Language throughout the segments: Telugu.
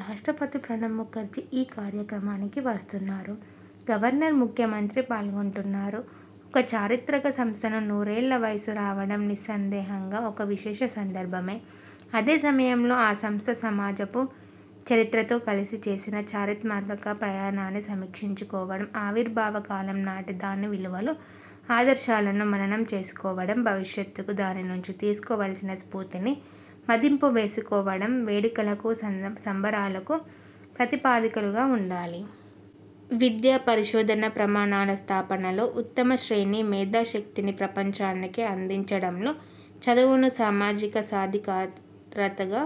రాష్ట్రపతి ప్రణబ్ముఖర్జీ ఈ కార్యక్రమానికి వస్తున్నారు. గవర్నర్, ముఖ్యమంత్రి పాల్గొంటున్నారు. ఒక చారిత్రక సంస్థకు నూరేళ్ల వయస్సు రావడం నిస్సందేహంగా ఒక విశేష సందర్భమే. అదే సమయంలో ఆ సంస్థ సమాజపు చరిత్రతో కలిసి చేసిన చరిత్రాత్మక ప్రయాణాన్ని సమీక్షించుకోవడం, ఆవిర్భావకాలం నాటి దాని విలువలు, ఆదర్శాలను మననం చేసుకోవడం, భవిష్యత్తుకు దాని నుంచి తీసుకోవలసిన స్ఫూర్తిని మదింపువేసుకోవడం- వేడుకలకు, సంబరాలకు ప్రాతిపదికలుగా ఉండాలి. విద్యా, పరిశోధనా ప్రమాణాల స్థాపనలో, ఉత్తమశ్రేణి మేధాశక్తిని ప్రపంచానికి అందించడంలో, చదువును సామాజిక సాధికారతగా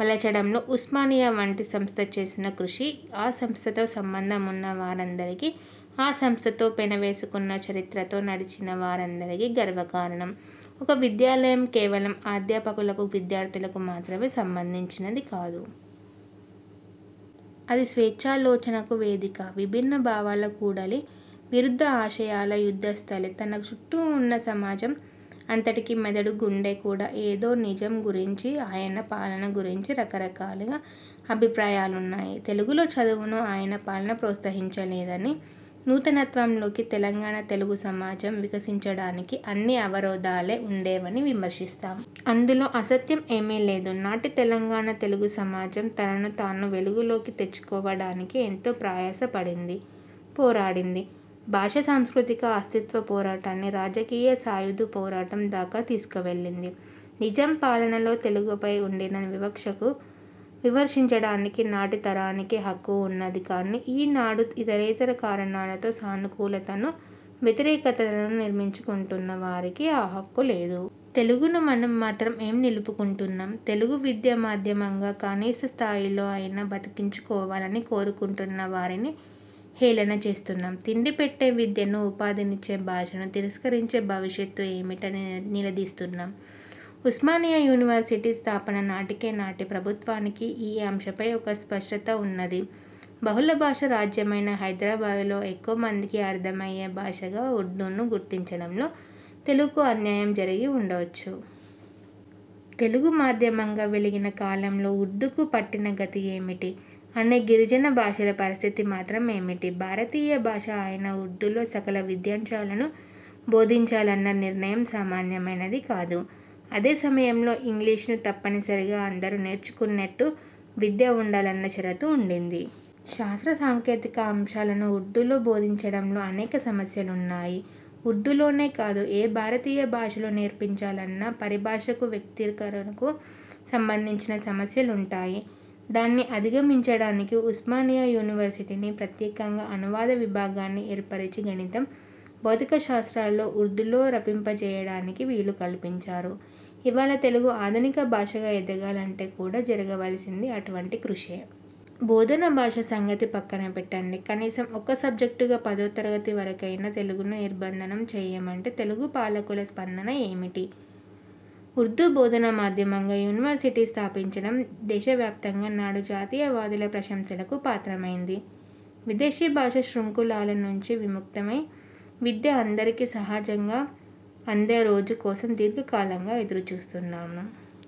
మలచడంలో ఉస్మానియా వంటి సంస్థ చేసిన కృషి- ఆ సంస్థతో సంబంధం ఉన్నవారందరికీ, ఆ సంస్థతో పెనవేసుకున్న చరిత్రతో నడిచిన వారందరికీ గర్వకారణం. ఒక విద్యాలయం కేవలం అధ్యాపకులకు, విద్యార్థులకు మాత్రమే సంబంధించినది కాదు. అది స్వేచ్ఛాలోచనలకు వేదిక, విభిన్న భావాల కూడలి, విరుద్ధ ఆశయాల యుద్ధస్థలి, తన చుట్టూ ఉన్న సమాజం అంతటికీ మెదడూ, గుండే కూడా. ఏడో నిజాం గురించి, ఆయన పాలన గురించి రకరకాల అభిప్రాయాలున్నాయి. తెలుగులో చదువును ఆయన పాలన ప్రోత్సహించలేదని, నూతనత్వంలోకి తెలంగాణ తెలుగు సమాజం వికసించడానికి అన్నీ అవరోధాలే ఉండేవని విమర్శిస్తాం. అందులో అసత్యం ఏమీ లేదు. నాటి తెలంగాణ తెలుగుసమాజం తనను తాను వెలుగులోకి తెచ్చుకోవడానికి ఎంతో ప్రయాస పడింది, పోరాడింది. భాషా సాంస్కృతిక అస్తిత్వ పోరాటాన్ని రాజకీయ సాయుధపోరాటం దాకా తీసుకువెళ్లింది. నిజాం పాలనలో తెలుగుపై ఉండిన వివక్షను విమర్శించడానికి నాటి తరానికి హక్కు ఉన్నది కానీ, ఈ నాడు ఇతరేతర కారణాలతో సానుకూలతను, వ్యతిరేకతలను నిర్మించుకుంటున్న వారికి ఆ హక్కు లేదు. తెలుగును మనం మాత్రం ఏం నిలుపుకుంటున్నాం? తెలుగు విద్యామాధ్యమంగా కనీసస్థాయిలో అయినా బతికించుకోవాలని కోరుకుంటున్నవారిని హేళన చేస్తున్నాం, తిండిపెట్టే విద్యను, ఉపాధినిచ్చే భాషను తిరస్కరిస్తే భవిష్యత్తు ఏమిటని నిలదీస్తున్నాం. ఉస్మానియా యూనివర్సిటీ స్థాపన నాటికే నాటి ప్రభుత్వానికి ఈ అంశంపై ఒక స్పష్టత ఉన్నది. బహుళభాషా రాజ్యమైన హైదరాబాద్లో ఎక్కువమందికి అర్థమయ్యే భాషగా ఉర్దూను గుర్తించడంలో, తెలుగుకు అన్యాయం జరిగి ఉండవచ్చు. తెలుగుమాధ్యమంగా వెలిగిన కాలంలో, ఉర్దూకు పట్టిన గతి ఏమిటి? అనేక గిరిజన భాషల పరిస్థితి మాత్రం ఏమిటి? భారతీయ భాష అయిన ఉర్దూలో సకల విద్యాంశాలనూ బోధించాలన్న నిర్ణయం సామాన్యమైనది కాదు. అదే సమయంలో, ఇంగ్లీషును తప్పనిసరిగా అందరూ నేర్చుకునేట్టు విద్య ఉండాలన్న షరతూ ఉండింది. శాస్త్రసాంకేతిక అంశాలను ఉర్దూలో బోధించడంలో అనేక సమస్యలున్నాయి. ఉర్దూలోనే కాదు, ఏ భారతీయ భాషలో నేర్పించాలన్నా పరిభాషకు, వ్యక్తీకరణకు సంబంధించిన సమస్యలుంటాయి. దాన్ని అధిగమించడానికి ఉస్మానియాయూనివర్సిటీ ప్రత్యేకంగా అనువాద విభాగాన్ని ఏర్పరచి, గణితం, భౌతిక శాస్త్రాలను ఉర్దూలో రచింపజేయడానికి వీలు కల్పించారు. ఇవాళ తెలుగు ఆధునిక భాషగా ఎదగాలంటే కూడా జరగవలసింది అటువంటి కృషే. బోధనాభాష సంగతి పక్కనపెట్టండి, కనీసం ఒక సబ్జెక్టుగా పదోతరగతి వరకైనా తెలుగును నిర్బంధం చేయమంటే తెలుగుపాలకుల స్పందన ఏమిటి? ఉర్దూ బోధనా మాధ్యమంగా యూనివర్సిటీని స్థాపించడం దేశవ్యాప్తంగా నాడు జాతీయవాదుల ప్రశంసలకు పాత్రమైంది. ''విదేశీ భాష శృంఖలాల నుంచి విముక్తమై, విద్య అందరికీ సహజంగా అందే రోజు కోసం దీర్ఘకాలంగా ఎదురుచూస్తున్నాను.